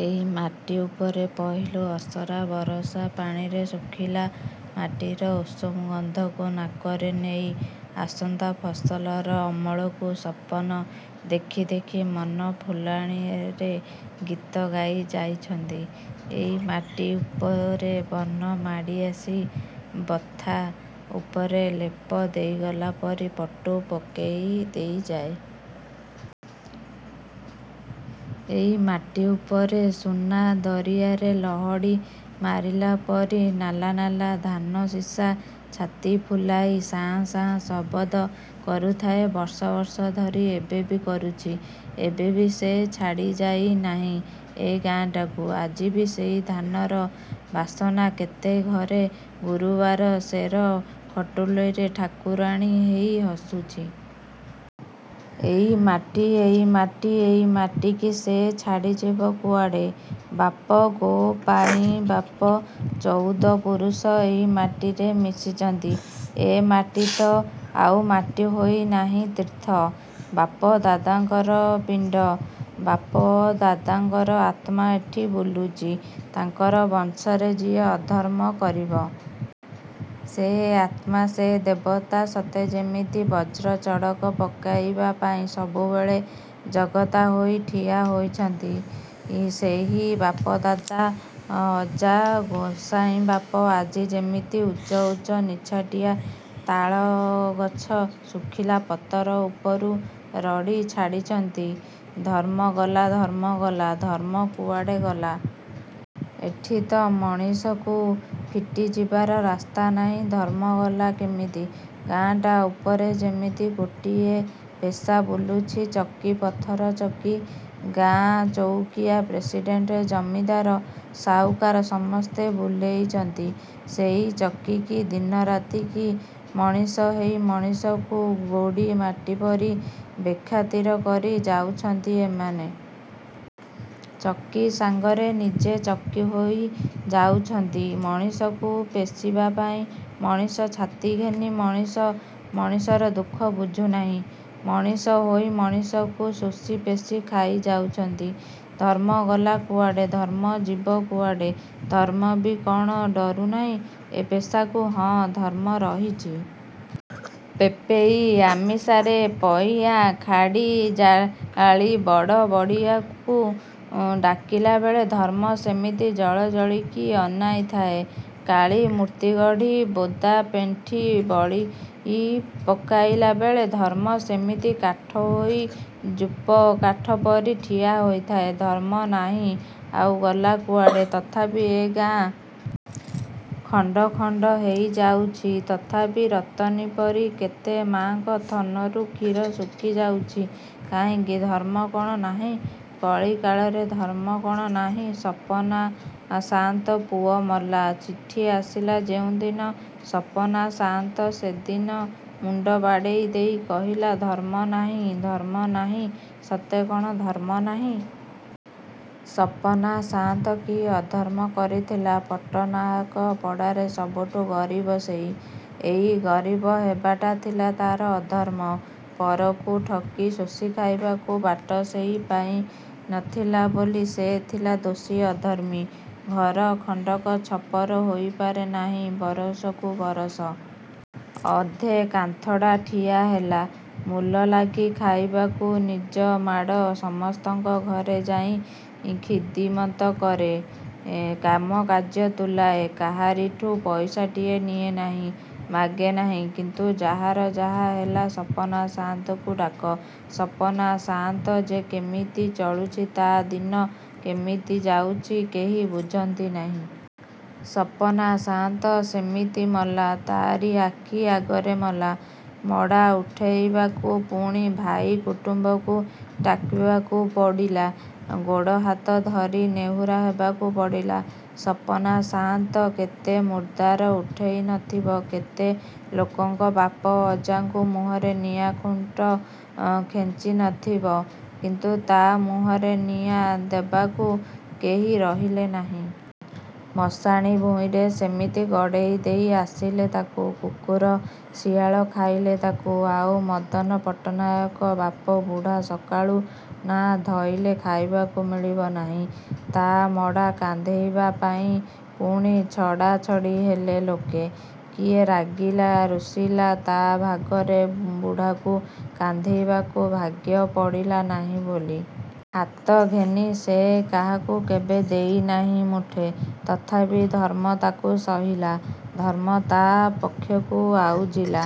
ଏଇ ମାଟି ଉପରେ ପହିଲୁ ଅସରା ବରଷା ପାଣିରେ ଶୁଖିଲା ମାଟିର ଉଷୁମ ଗନ୍ଧକୁ ନାକରେ ନେଇ ଆସନ୍ତା ଫସଲର ଅମଳକୁ ସପନ ଦେଖି ଦେଖି ମନ ଫୁଲାଣିରେ ଗୀତ ଗାଇଯାଇଛନ୍ତି। ଏଇ ମାଟି ଉପରେ ବନ ମାଡ଼ିଆସି, ବଥା ଉପରେ ଲେପ ଦେଇଗଲାପରି ପଟୁ ପକେଇ ଦେଇଯାଏ। ଏଇ ମାଟି ଉପରେ ସୁନା ଦରିଆରେ ଲହଡ଼ି ମାରିଲା ପରି ନାଲା ନାଲା ଧାନଶିଷା ଛାତି ଫୁଲାଇ ଶାଁ ଶାଁ ଶବଦ କରୁଥାଏ, ବର୍ଷ ବର୍ଷ ଧରି ଏବେ ବି କରୁଛି। ଏବେବି ସେ ଛାଡ଼ିଯାଇ ନାହିଁ ଏ ଗାଁଟାକୁ। ଆଜିବି ସେଇ ଧାନର ବାସନା କେତେ ଘରେ ଗୁରୁବାର ସେର ଖଟୁଳିରେ ଠାକୁରାଣୀ ହେଇ ହସୁଛି। ଏଇ ମାଟି ଏଇ ମାଟି ଏଇ ମାଟିକି ସେ ଛାଡ଼ିଯିବ କୁଆଡ଼େ! ବାପ ଗୋପାଇଁବାପ ଚଉଦ ପୁରୁଷ ଏଇମାଟିରେ ମିଶିଚନ୍ତି। ଏ ମାଟି ତ ଆଉ ମାଟି ହୋଇ ନାହିଁ ତୀର୍ଥ। ବାପ ଦାଦାଙ୍କର ପିଣ୍ଡ। ବାପ ଦାଦାଙ୍କର ଆତ୍ମା ଏଠି ବୁଲୁଚି। ତାଙ୍କର ବଂଶରେ ଯିଏ ଅଧର୍ମ କରିବ। ସେ ଆତ୍ମା ସେ ଦେବତା ସତେ ଯେମିତି ବଜ୍ରଚଡ଼କ ପକେଇବା ପାଇଁ ସବୁବେଳେ ଜଗତା ହୋଇ ଠିଆ ହୋଇଛନ୍ତି। ସେଇ ବାପଦାଦା, ଅଜା ଗୋସାଇଁବାପ ଆଜି ଯେମିତି ଉଚ୍ଚ ଉଚ୍ଚ ନିଛାଟିଆ ତାଳଗଛ ଶୁଖିଲା ପତର ଉପରୁ ରଡ଼ି ଛାଡ଼ିଛନ୍ତି ଧର୍ମଗଲା ଧର୍ମଗଲା, ଧର୍ମ କୁଆଡ଼େ ଗଲା? ଏଠି ତ ମଣିଷକୁ ଫିଟିଯିବାର ରାସ୍ତା ନାହିଁ ଧର୍ମଗଲା କିମିତି? ଗାଁଟା ଉପରେ ଯେମିତି ଗୋଟିଏ ପେଷା ବୁଲୁଛି ଚକି ପଥର ଚକି। ଗାଁ ଚଉକିଆ ପ୍ରେସିଡ଼େଣ୍ଟ ଜମିଦାର ସାଉକାର ସମସ୍ତେ ବୁଲେଇଚନ୍ତି ସେଇ ଚକିକି ଦିନରାତିକି। ମଣିଷ ହେଇ ମଣିଷକୁ ଗୋଡ଼ି ମାଟିପରି ବେଖାତିର କରି ଯାଉଛନ୍ତି ଏମାନେ। ଚକି ସାଙ୍ଗରେ ନିଜେ ଚକି ହୋଇ ଯାଉଛନ୍ତି ମଣିଷକୁ ପେଷିବାପାଇଁ, ମଣିଷ ଛାତି ଘେନି ମଣିଷ ମଣିଷର ଦୁଃଖ ବୁଝୁନାହିଁ। ମଣିଷ ହୋଇ ମଣିଷକୁ ଶୋଷି ପେଷି ଖାଇଯାଉଛନ୍ତି। ଧର୍ମ ଗଲା କୁଆଡ଼େ ଧର୍ମ ଯିବ କୁଆଡ଼େ। ଧର୍ମବି କ'ଣ ଡରୁନାହିଁ ଏ ପେଷାକୁ ହଁ, ଧର୍ମ ରହିଛି। ପେପେଁଇ ଅମିସାରେ ପଇଆଁ ଖାଡ଼ି ଜାଳି ବଡ଼ ବଡ଼ିଙ୍କୁ ଡାକିଲାବେଳେ ଧର୍ମ ସେମିତି ଜଳଜଳକି ଅନାଇ ଥାଏ। କାଳୀ ମୂର୍ତ୍ତିଗଢ଼ି ବୋଦାପେଣ୍ଠି ବଳେଇ ପକାଇଲାବେଳେ ଧର୍ମ ସେମିତି କାଠ ହେଇ ଯୂପକାଠପରି ଠିଆ ହୋଇଥାଏ। ଧର୍ମ ନାହିଁ ଆଉ ଗଲା କୁଆଡ଼େ ତଥାପି ଏ ଗାଁ। ଖଣ୍ଡଖଣ୍ଡ ହେଇଯାଉଛି। ତଥାପି ରତନୀପରି କେତେ ମାଙ୍କ ଥନରୁ କ୍ଷୀର ଶୁଖିଯାଉଛି। କାହିଁକି ଧର୍ମ କଣ ନାହିଁ କଳିକାଳରେ ଧର୍ମ କଣ ନାହିଁ? ସପନା ସାଆନ୍ତ ପୁଅ ମଲା। ଚିଠି ଆସିଲା ଯେଉଁଦିନ, ସପନା ସାଆନ୍ତ ସେଦିନ ମୁଣ୍ଡ ବାଡ଼େଇ ଦେଇ କହିଲା ଧର୍ମନାହିଁ ଧର୍ମ ନାହିଁ ସତେ କଣ ଧର୍ମନାହିଁ? ସପନା ସାଆନ୍ତ କି ଅଧର୍ମ କରିଥିଲା। ପଟ୍ଟନାହାକ ପଡ଼ାରେ ସବୁଠୁ ଗରିବ ସେଇ। ଏଇ ଗରିବ ହେବାଟାଇ ଥିଲା ତା'ର ଅଧର୍ମ। ପରକୁ ଠକି ଶୋଷିଖାଇବାକୁ ବାଟ ସେ ପାଇ ନଥିଲା ବୋଲି ସେ ଥିଲା ଦୋଷୀ, ଅଧର୍ମୀ। ଘର ଖଣ୍ଡକ ଛପର ହୋଇପାରେ ନାହିଁ ବରଷକୁ ବରଷ। ଅଧେ କାନ୍ଥଡ଼ା ଠିଆହେଲା। ମୂଲଲାଗି ଖାଇବାକୁ ନିଜମାଡ଼। ସମସ୍ତଙ୍କ ଘରେ ଯାଇ ଖିଦିମତ କରେ। କାମ କାର୍ଯ୍ୟ ତୁଲାଏ। କାହାରିଠୁ ପଇସାଟିଏ ନିଏ ନାହିଁ। ମାଗେ ନାହିଁ। କିନ୍ତୁ ଯାହାର ଯାହା ହେଲା, ସପନା ସାଆନ୍ତକୁ ଡାକ। ସପନା ସାଆନ୍ତ ଯେ କେମିତି ଚଳୁଛି ତା ଦିନ କେମିତି ଯାଉଛି, କେହି ବୁଝନ୍ତି ନାହିଁ। ସପନା ସାଆନ୍ତ ସେମିତି ମଲା ତାରି ଆଖି ଆଗରେ ମଲା। ମଡ଼ା ଉଠେଇବାକୁ ପୁଣି ଭାଇ କୁଟୁମ୍ୱଙ୍କୁ ଡାକିବାକୁ ପଡ଼ିଲା। ଗୋଡ଼ ହାତ ଧରି ନେହୁରା ହେବାକୁ ପଡ଼ିଲା। ସପନା ସାଆନ୍ତ କେତେ ମୁର୍ଦାର ଉଠେଇ ନ ଥିବ, କେତେ ଲୋକଙ୍କ ବାପ ଅଜାଙ୍କ ମୁହଁରେ ନିଆଁ ଖୁଣ୍ଟ ଖେଞ୍ଚି ନଥିବ, କିନ୍ତୁ ତା ମୁହଁରେ ନିଆଁ ଦେବାକୁ କେହି ରହିଲେ ନାହିଁ। ମଶାଣି ଭୂଇଁରେ ସେମିତି ଗଡ଼େଇ ଦେଇ ଆସିଲେ ତାକୁ। କୁକୁର ଶିଆଳ ଖାଇଲେ ତାକୁ। ଆଉ ମଦନ ପଟ୍ଟନାୟକ ବାପ ବୁଢ଼ା ସକାଳୁ ନାଆଁ ଧଇଲେ ଖାଇବାକୁ ମିଳିବ ନାହିଁ ତା ମଡ଼ା କାନ୍ଧେଇବା ପାଇଁ ପୁଣି ଛଡ଼ାଛଡ଼ି ହେଲେ ଲୋକେ। କିଏ ରାଗିଲା, ରୁଷିଲା, ତା ଭାଗରେ ବୁଢ଼ାକୁ କାନ୍ଧେଇବାକୁ ଭାଗ୍ୟ ପଡ଼ିଲା ନାହିଁ ବୋଲି। ହାତ ଘେନି ସେ କାହାକୁ କେବେ ଦେଇ ନାହିଁ ମୁଠେ, ତଥାପି ଧର୍ମ ତାକୁ ସହିଲା। ଧର୍ମ ତା' ପକ୍ଷକୁ ଆଉଜିଲା।